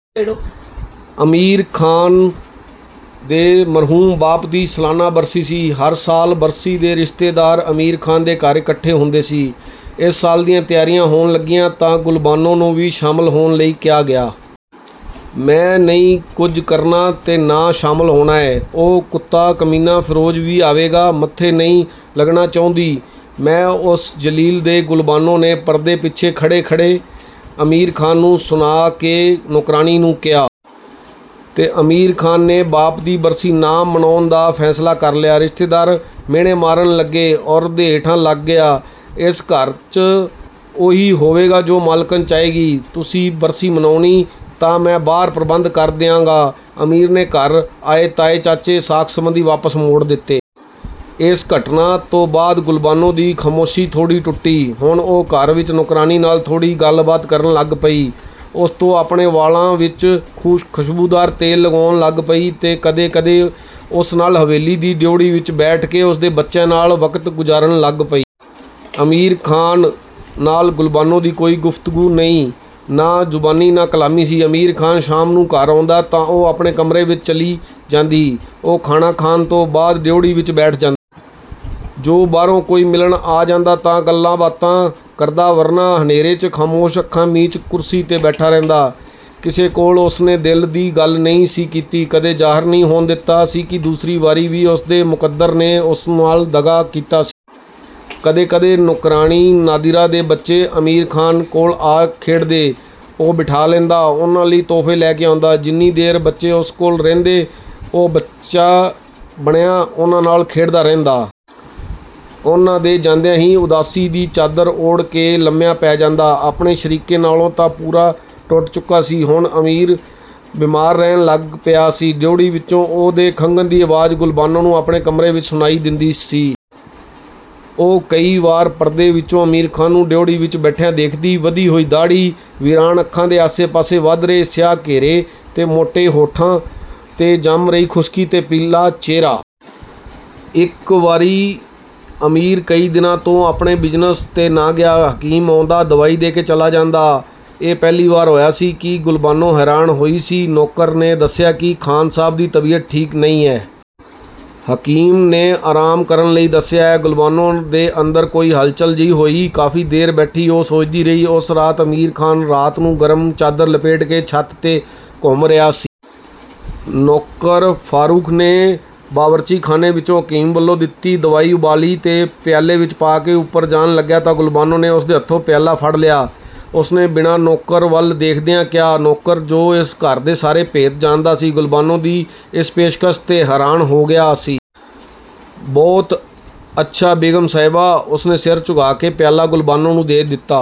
ਅਮੀਰ ਖ਼ਾਨ ਦੇ ਮਰਹੂਮ ਬਾਪ ਦੀ ਸਲਾਨਾ ਬਰਸੀ ਸੀ। ਹਰ ਸ਼ਾਲ ਬਰਸ਼ੀ ਤੇ ਰਿਸ਼ਤੇਦਾਰ ਅਮੀਰ ਖ਼ਾਨ ਦੇ ਘਰ ਇੱਕਠੇ ਹੁੰਦੇ ਸੀ। ਇਸ ਸਾਲ ਵੀ ਤਿਆਰੀਆਂ ਹੋਣ ਲੱਗੀਆਂ, ਤਾਂ ਗੁਲਬਾਨੋ ਨੂੰ ਵੀ ਸ਼ਾਮਲ ਹੋਣ ਲਈ ਕਿਹਾ ਗਿਆ। "ਮੈਂ ਨਹੀ ਕੁਝ ਕਰਨਾ ਤੇ ਨਾਂ ਸ਼ਾਮਲ ਹੋਣਾਂ ਏਂ। ਉਹ ਕੁੱਤਾ-ਕਮੀਨਾਂ ਫਿਰੋਜ਼ ਵੀ ਆਵੇਗਾ। ਮੱਥੇ ਨਹੀ ਲੱਗਣਾ ਚਹੁੰਦੀ ਮੈਂ ਉਸ ਜ਼ਲੀਲ ਦੇ "ਗੁਲਬਾਨੋ ਨੇ ਪਰਦੇ ਪਿੱਛੇ ਖੜ੍ਹੇ ਖੜੇ ਅਮੀਰ ਖ਼ਾਨ ਨੂੰ ਸੁਣਾ ਕੇ ਨੌਕਰਾਣੀ ਨੂੰ ਕਿਹਾ। ਤੇ ਅਮੀਰ ਖ਼ਾਨ ਨੇ ਬਾਪ ਦੀ ਬਰਸ਼ੀ ਨਾ ਮਨਾਉਣ ਦਾ ਫੈਸਲਾ ਕਰ ਲਿਆ। ਰਿਸ਼ਤੇਦਾਰਾ ਮੈਹਣੇ ਮਾਰਨ ਲੱਗੇ… "ਔਰਤ ਦੇ ਹੇਠਾਂ ਲੱਗ ਗਿਆ".. "ਇਸ ਘਰ, ਚ' ਉਹੀ ਹੋਵੇਗਾ ਜੋ ਮਾਲਕਣ ਚਾਹੇਗੀ ", ਤੁਸੀ ਬਰਸੀ ਮਨਾਉਣੀ ਤਾਂ ਮੈਂ ਬਾਹਰ ਪ੍ਰਬੰਧ ਕਰ ਦਿਆਗਾਂ, ਅਮੀਰ ਨੇ ਘਰ ਆਏ ਤਾਏ-ਚਾਚੇ ਸਾਕ-ਸਬੰਧੀ ਵਾਪਸ ਮੋੜ ਦਿਤੇ। ਇਸ ਘਟਨਾ ਤੋਂ ਬਾਅਦ ਗੁਲਬਾਨੋ ਦੀ ਖਾਮੋਸ਼ੀ ਥੋੜੀ ਟੁੱਟੀ। ਹੁਣ ਉਹ ਘਰ ਵਿੱਚ ਨੌਕਰਾਣੀ ਨਾਲ ਥੋੜ੍ਹੀ ਗੱਲਬਾਤ ਕਰਨ ਲੱਗ ਪਈ। ਉਸ ਤੋਂ ਆਪਣੇ ਵਾਲਾਂ ਵਿੱਚ ਖ਼ੁਸ਼ਬੂਦਾਰ ਤੇਲ ਲਗਵਾਉਣ ਲੱਗ ਪਈ ਤੇ ਕਦੇ ਕਦੇ ਉਸ ਨਾਲ ਹਵੇਲੀ ਦੀ ਡਿਉਢੀ ਵਿੱਚ ਬੈਠ ਕੇ ਉਸਦੇ ਬੱਚਿਆਂ ਨਾਲ ਵਕਤ ਗੁਜ਼ਾਰਨ ਲੱਗ ਪਈ। ਅਮੀਰ ਖ਼ਾਨ ਨਾਲ ਗੁਲਬਾਨੋ ਦੀ ਕੋਈ ਗੁਫਤਗੂ ਨਹੀਂ, ਨਾ ਜ਼ੁਬਾਨੀ ਨਾ ਕਲਾਮੀ ਸੀ। ਅਮੀਰ ਖਾਨ ਸ਼ਾਮ ਨੂੰ ਘਰ ਆਉਦਾਂ ਤਾਂ, ਉਹ ਆਪਣੇ ਕਮਰੇ ਵਿੱਚ ਚਲੀ ਜਾਂਦੀ। ਉਹ ਖਾਣਾਂ ਖਾਣ ਤੋ ਬਾਅਦ ਡਿਉਢੀ ਵਿੱਚ ਬੈਠ ਜਾਂਦਾ। ਜੇ ਬਾਹਰੋ ਕੋਈ ਮਿਲਣ ਆ ਜਾਂਦਾ ਤਾਂ ਗੱਲਾਂਬਾਤਾ ਕਰਦਾ ਵਰਨਾ ਹਨੇਰੇ, ਚ' ਖਾਮੋਸ਼ ਅੱਖਾਂ ਮੀਚ ਕੁਰਸੀ ਤੇ ਬੈਠਾ ਰਹਿੰਦਾ। ਕਿਸੇ ਕੋਲ ਉਸਨੇ ਦਿਲ ਦੀ ਗੱਲ ਨਹੀ ਸੀ ਕੀਤੀ। ਕਦੇ ਜ਼ਾਹਰ ਨਹੀਂ ਹੋਣ ਦਿਤਾ ਸੀ ਕਿ ਦੂਸਰੀ ਵਾਰੀ ਵੀ ਉਸਦੇ ਮੁਕੱਦਰ ਨੇ ਉਸ ਨਾਲ ਦਗ਼ਾ ਕੀਤਾ ਸੀ। ਕਦੇ ਕਦੇ ਨੌਕਰਾਣੀ ਨਾਦਿਰਾ ਦੇ ਬੱਚੇ ਅਮੀਰ ਖ਼ਾਨ ਕੋਲ ਆ ਖੇਡਦੇ। ਉਹ ਬਿਠਾ ਲੈਂਦਾ, ਉਨ੍ਹਾਂ ਲਈ ਤੋਹਫੇ ਲੈ ਕੇ ਆਉਦਾ। ਜਿੰਨੀ ਦੇਰ ਬੱਚੇ ਉਸ ਕੋਲ ਰਹਿੰਦੇ, ਉਹ ਬੱਚਾ ਬਣਿਆਂ ਉਨ੍ਹਾਂ ਨਾਲ ਖੇਡਦਾ ਰਹਿੰਦਾਂ। ਉਨ੍ਹਾਂ ਦੇ ਜਾਂਦਿਆਂ ਹੀ ਉਦਾਸੀ ਦੀ ਚਾਦਰ ਓੜ ਕੇ ਲੰਮਿਆਂ ਪੈ ਜਾਂਦਾ। ਆਪਣੇ ਸ਼ਰੀਕੇ ਨਾਲੋਂ ਤਾਂ ਪੂਰਾ ਟੁੱਟ ਚੁੱਕਾ ਸੀ। ਹੁਣ ਅਮੀਰ ਬੀਮਾਰ ਰਹਿਣ ਲੱਗ ਪਿਆ ਸੀ। ਡਿਉਢੀ ਵਿਚੋਂ ਉਹਦੇ ਖੰਘਣ ਦੀ ਆਵਾਜ਼ ਗੁਲਬਾਨੋ ਨੂੰ ਆਪਣੇ ਕਮਰੇ ਵਿੱਚ ਸੁਣਾਈ ਦਿੰਦੀ। ਉਹ ਕਈ ਵਾਰ ਪਰਦੇ ਵਿਚੋਂ ਅਮੀਰ ਖ਼ਾਨ ਨੂੰ ਡਿਉਢੀ ਵਿੱਚ ਬੈਠਿਆ ਦੇਖਦੀ। ਵਧੀ ਹੋਈ ਦਾੜੀ, ਵੀਰਾਨ ਅੱਖਾਂ ਦੇ ਆਸੇ ਪਾਸੇ ਵਧ ਰਹੇ ਸਿਆਹ ਘੇਰੇ ਤੇ ਮੋਟੇ ਹੋਂਠਾਂ ਤੇ ਜੰਮ ਰਹੀ ਖੁਸ਼ਕੀ ਤੇ ਪੀਲਾ ਚਿਹਰਾ। ਇਕ ਵਾਰੀ ਅਮੀਰ ਕਈ ਦਿਨਾਂ ਤੋਂ ਆਪਣੇ ਬਿਜ਼ਨਸ ਤੇ ਨਾ ਗਿਆ, ਹਕੀਮ ਆਉਦਾਂ ਦਵਾਈ ਦੇ ਕੇ ਚਲਾ ਜਾਦਾਂ। ਇਹ ਪਹਿਲੀ ਵਾਰ ਹੋਇਆ ਸੀ, ਕਿ ਗੁਲਬਾਨੋ ਹੈਰਾਨ ਹੋਈ ਸੀ। ਨੌਕਰ ਨੇ ਦੱਸਿਆ ਕਿ ਖ਼ਾਨ ਸਾਹਬ ਦੀ ਤਬੀਅਤ ਠੀਕ ਨਹੀਂ ਏਂ। ਹਕੀਮ ਨੇ ਆਰਾਮ ਕਰਨ ਲਈ ਦੱਸਿਆ ਏਂ। ਗੁਲਬਾਨੋ ਦੇ ਅੰਦਰ ਕੋਈ ਹੱਲਚੱਲ ਜਿਹੀ ਹੋਈ, ਕਾਫ਼ੀ ਦੇਰ ਬੈਠੀ ਉਹ ਸੋਚਦੀ ਰਹੀ। ਉਸ ਰਾਤ ਅਮੀਰ ਖ਼ਾਨ ਰਾਤ ਨੂੰ ਗਰਮ ਚਾਦਰ ਲਪੇਟ ਕੇ ਛੱਤ ਤੇ ਘੁੰਮ ਰਿਹਾ ਸੀ। ਨੌਕਰ ਫਾਰੂਕ ਨੇ ਬਾਵਰਚੀ ਖਾਨੇ ਵਿਚੋਂ ਹਕੀਮ ਵੱਲੋਂ ਦਿਤੀ ਦਵਾਈ ਉਬਾਲੀ ਤੇ ਪਿਆਲੇ ਵਿੱਚ ਪਾ ਉਪਰ ਜਾਣ ਲੱਗਿਆ ਤਾਂ ਗੁਲਬਾਨੋ ਨੇ ੳਸਦੇ ਹੱਥੋਂ ਪਿਆਲਾ ਫੜ੍ਹ ਲਿਆ। ਉਸਨੇ ਬਿਨਾਂ ਨੌਕਰ ਵੱਲ ਦੇਖਦਿਆਂ ਕਿਹਾ। ਨੌਕਰ, ਜੋ ਇਸ ਘਰ ਦੇ ਸਾਰੇ ਭੇਤ ਜਾਣਦਾ ਸੀ, ਗੁਲਬਾਨੋ ਦੀ ਇਸ ਪੇਸ਼ਕਸ਼ ਤੇ ਹੈਰਾਨ ਹੋ ਗਿਆ ਸੀ। "ਬਹੁਤ ਅੱਛਾ ਬੇਗ਼ਮ ਸਹਿਬਾਂ ".. ਉਸਨੇ ਸਿਰ ਝੁਕਾ ਕੇ ਪਿਆਲਾ ਗੁਲਬਾਨੋ ਨੂੰ ਦੇ ਦਿਤਾ।